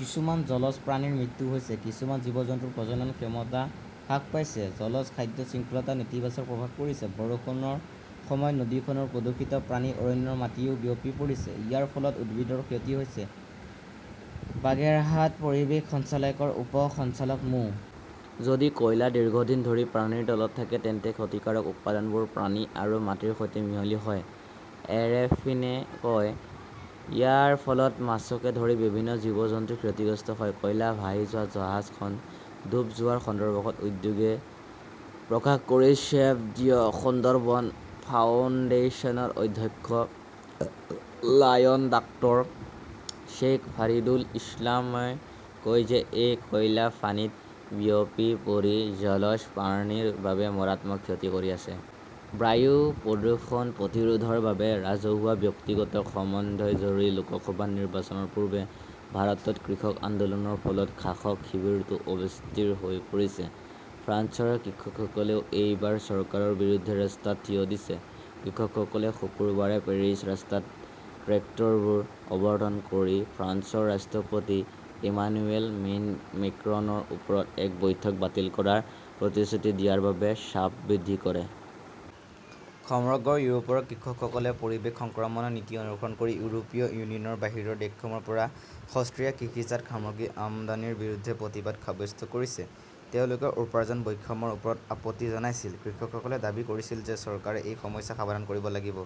কিছুমান জলজ প্ৰাণীৰ মৃত্যু হৈছে। কিছুমান জীৱ-জন্তুৰ প্ৰজনন ক্ষমতা হ্ৰাস পাইছে। জলজ খাদ্য শৃংখলাত নেতিবাচক প্ৰভাৱ পৰিছে। বৰষুণৰ সময়ত নদীখনৰ প্ৰদূষিত পানী অৰণ্যৰ মাটিতও বিয়পি পৰে। ইয়াৰ ফলত উদ্ভিদৰ ক্ষতি হয়। বাগেৰহাট পৰিৱেশ সঞ্চালকালয়ৰ উপ সঞ্চালক মো. যদি কয়লা দীৰ্ঘদিন ধৰি পানীৰ তলত থাকে তেন্তে ক্ষতিকাৰক উপাদানবোৰ পানী আৰু মাটিৰ সৈতে মিহলি হয়, এৰেফিনে কয়। ইয়াৰ ফলত মাছকে ধৰি বিভিন্ন জীৱ-জন্তু ক্ষতিগ্ৰস্ত হয়। কয়লা ভাহি যোৱা জাহাজখন ডুব যোৱাৰ সন্দৰ্ভত উদ্বেগ প্ৰকাশ কৰি ছেভ দ্য সুন্দৰবন ফাউণ্ডেশ্যনৰ অধ্যক্ষ লায়ন ডাক্তৰ শ্বেইখ ফাৰিদুল ইছলামই কয় যে এই কয়লা পানীত বিয়পি পৰি জলজ প্ৰাণীৰ বাবে মাৰাত্মক ক্ষতি কৰি আছে। বায়ু প্ৰদূষণ প্ৰতিৰোধৰ বাবে ৰাজহুৱা-ব্যক্তিগত সমন্বয় জৰুৰী লোকসভা নিৰ্বাচনৰ পূৰ্বে ভাৰতত কৃষক আন্দোলনৰ ফলত শাসক শিবিৰটো অস্থিৰ হৈ পৰিছে। ফ্ৰান্সৰ কৃষকসকলেও এইবাৰ চৰকাৰৰ বিৰুদ্ধে ৰাস্তাত থিয় দিছে। কৃষকসকলে শুকুৰবাৰে পেৰিছৰ ৰাস্তাত ট্ৰেক্টৰবোৰ অৱতৰণ কৰি ফ্ৰান্সৰ ৰাষ্ট্ৰপতি ইমানুৱেল মেক্ৰনৰ ওপৰত এই বৈঠক বাতিল কৰাৰ প্ৰতিশ্ৰুতি দিয়াৰ বাবে চাপ বৃদ্ধি কৰে। সমগ্ৰ ইউৰোপৰ কৃষকসকলে পৰিৱেশ সংক্ৰমণ নীতি অনুসৰণ কৰি ইউৰোপীয় ইউনিয়নৰ বাহিৰৰ দেশসমূহৰ পৰা সস্তীয়া কৃষিজাত সামগ্ৰী আমদানিৰ বিৰুদ্ধে প্ৰতিবাদ সাব্যস্ত কৰিছে। তেওঁলোকে উপাৰ্জন বৈষম্যৰ ওপৰতো আপত্তি জনাইছিল। কৃষকসকলে দাবী কৰিছিল যে চৰকাৰে এই সমস্যা সমাধান কৰিব লাগিব।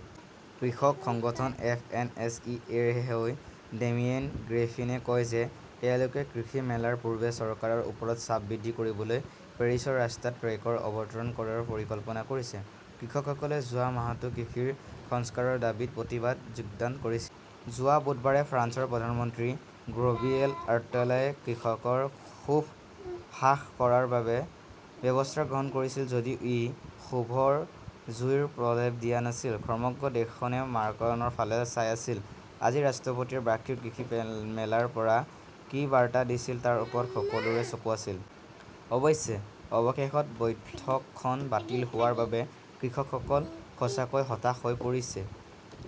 কৃষক সংগঠন F N S E A ৰ হৈ ডেমিয়েন গ্ৰেফিনে কয় যে তেওঁলোকে কৃষি মেলাৰ পূৰ্বে চৰকাৰৰ ওপৰত চাপ বৃদ্ধি কৰিবলৈ পেৰিছৰ ৰাস্তাত ট্ৰেক্টৰ অৱতৰণ কৰাৰ পৰিকল্পনা কৰিছে। কৃষকসকলে যোৱা মাহতো কৃষিৰ সংস্কাৰৰ দাবীত প্ৰতিবাদত যোগদান কৰিছিল। যোৱা বুধবাৰে ফ্ৰান্সৰ প্ৰধানমন্ত্ৰী গেব্ৰিয়েল অট্টালে কৃষকৰ ক্ষোভ হ্ৰাস কৰাৰ বাবে ব্যৱস্থা গ্ৰহণ কৰিছিল যদিও ই ক্ষোভৰ জুইৰ প্ৰলেপ দিয়া নাছিল। সমগ্ৰ দেশখনে মাকৰনৰ ফালে চাই আছিল। আজি ৰাষ্ট্ৰপতিয়ে বাৰ্ষিক কৃষি মেলাৰ পৰা কি বাৰ্তা দিছিল তাৰ ওপৰত সকলোৰে চকু আছিল। অৱশ্যে, অৱশেষত বৈঠকখন বাতিল হোৱাৰ বাবে কৃষকসকল সঁচাকৈয়ে হতাশ হৈ পৰিছে।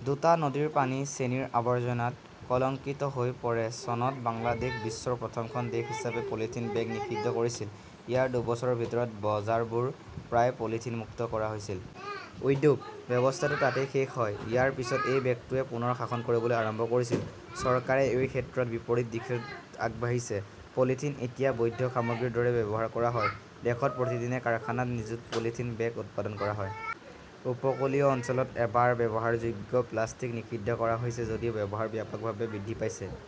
দুটা নদীৰ পানী চেনিৰ আৱৰ্জনাত কলঙ্কিত হৈ পৰে চনত বাংলাদেশ বিশ্বৰ প্ৰথমখন দেশ হিচাপে পলিথিন বেগ নিষিদ্ধ কৰিছিল। ইয়াৰ দুবছৰৰ ভিতৰত বজাৰবোৰ প্ৰায় পলিথিন মুক্ত কৰা হৈছিল। উদ্যোগ, ব্যৱস্থাটো তাতেই শেষ হয়। ইয়াৰ পিছত এই বেগটোৱে পুনৰ শাসন কৰিবলৈ আৰম্ভ কৰিছিল। চৰকাৰেও এই ক্ষেত্ৰত বিপৰীত দিশত আগবাঢ়িছে। পলিথিন এতিয়া বৈধ সামগ্ৰীৰ দৰেই ব্যৱহাৰ কৰা হয়। দেশত প্ৰতিদিনে কাৰখানাত নিযুত পলিথিন বেগ উৎপাদন কৰা হয়। উপকূলীয় অঞ্চলত এবাৰ ব্যৱহাৰযোগ্য প্লাষ্টিক নিষিদ্ধ কৰা হৈছে যদিও ব্যৱহাৰ ব্যাপকভাৱে বৃদ্ধি পাইছে।